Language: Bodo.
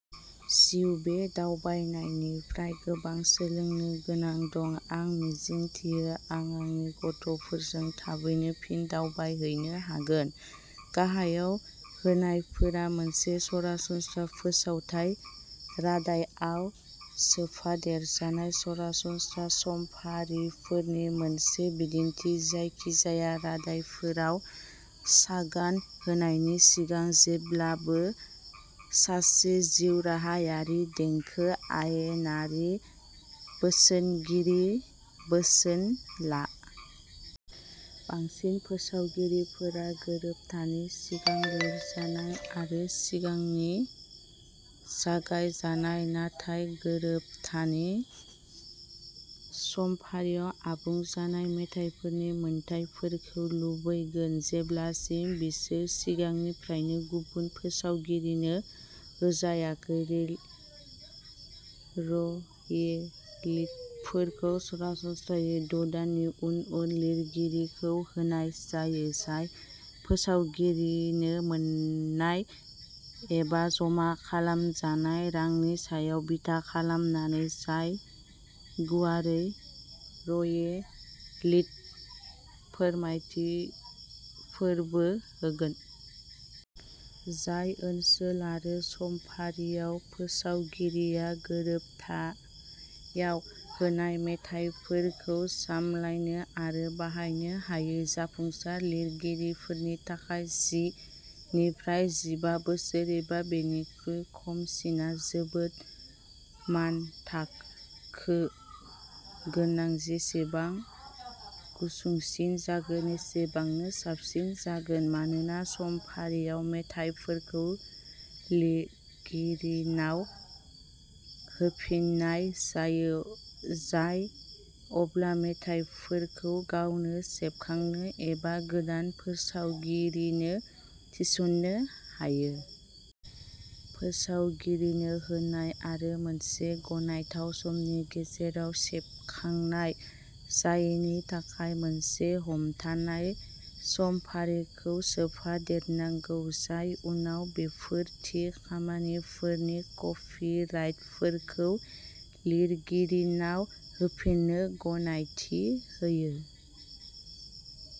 जिउ। बे दावबायनायनिफ्राय गोबां सोलोंनो गोनां दं। आं मिजिंथियो आं आंनि गथ'फोरजों थाबैनो फिन दावबायहैनो हागोन। गाहायाव होनायफोरा मोनसे सरासनस्रा फोसावथाय रादायआव सोफादेरजानाय सरासनस्रा समफारिफोरनि मोनसे बिदिन्थि, जायखिजाया रादायफोराव सागान होनायनि सिगां जेब्लाबो सासे जिउराहायारि देंखो आयेनारि बोसोनगिरि बोसोन ला। बांसिन फोसावगिरिफोरा गोरोबथानि सिगां लिरजानाय आरो सिगांनि जागाय जानाय नाथाय गोरोबथानि समफारियाव आबुं जानाय मेथाइफोरनि मोनथायफोरखौ लुबैगोन, जेब्लासिम बिसोर सिगांनिफ्रायनो गुबुन फोसावगिरिनो होजायाखै। रयेल्टिफोरखौ सरासनस्रायै द' दाननि उन उन लिरगिरिखौ होनाय जायो जाय फोसावगिरिनो मोन्नाय एबा जमा खालामजानाय रांनि सायाव बिथा खालामनानै जाय गुवारै रयेलक्लि फोरमायथिफोरबो होगोन। जाय ओनसोल आरो समफारियाव फोसावगिरिया गोरोबथायाव होनाय मेथाइफोरखौ सामलायनो आरो बाहायनो हायो। जाफुंसार लिरगिरिफोरनि थाखाय जि निफ्राय जिबा बोसोर एबा बेनिख्रुइ खमसिनआ जोबोद मानथाखो गोनां, जेसेबां गुसुंसिन जागोन एसेबांनो साबसिन जागोन मानोना समफारियाव मेथाइफोरखौ लिरगिरिनाव होफिननाय जायो, जाय अब्ला मेथाइफोरखौ गावनो सेबखांनो एबा गोदान फोसावगिरिनो थिसन्नो हायो। फोसावगिरिनो होनाय आरो मोनसे गनायथाव समनि गेजेराव सेबखांनाय जायैनि थाखाय मोनसे हमथानाय समफारिखौ सोफादेरनांगौ जाय उनाव बेफोर थि खामानिफोरनि कपिराइटफोरखौ लिरगिरिनाव होफिन्नो गनायथि होयो।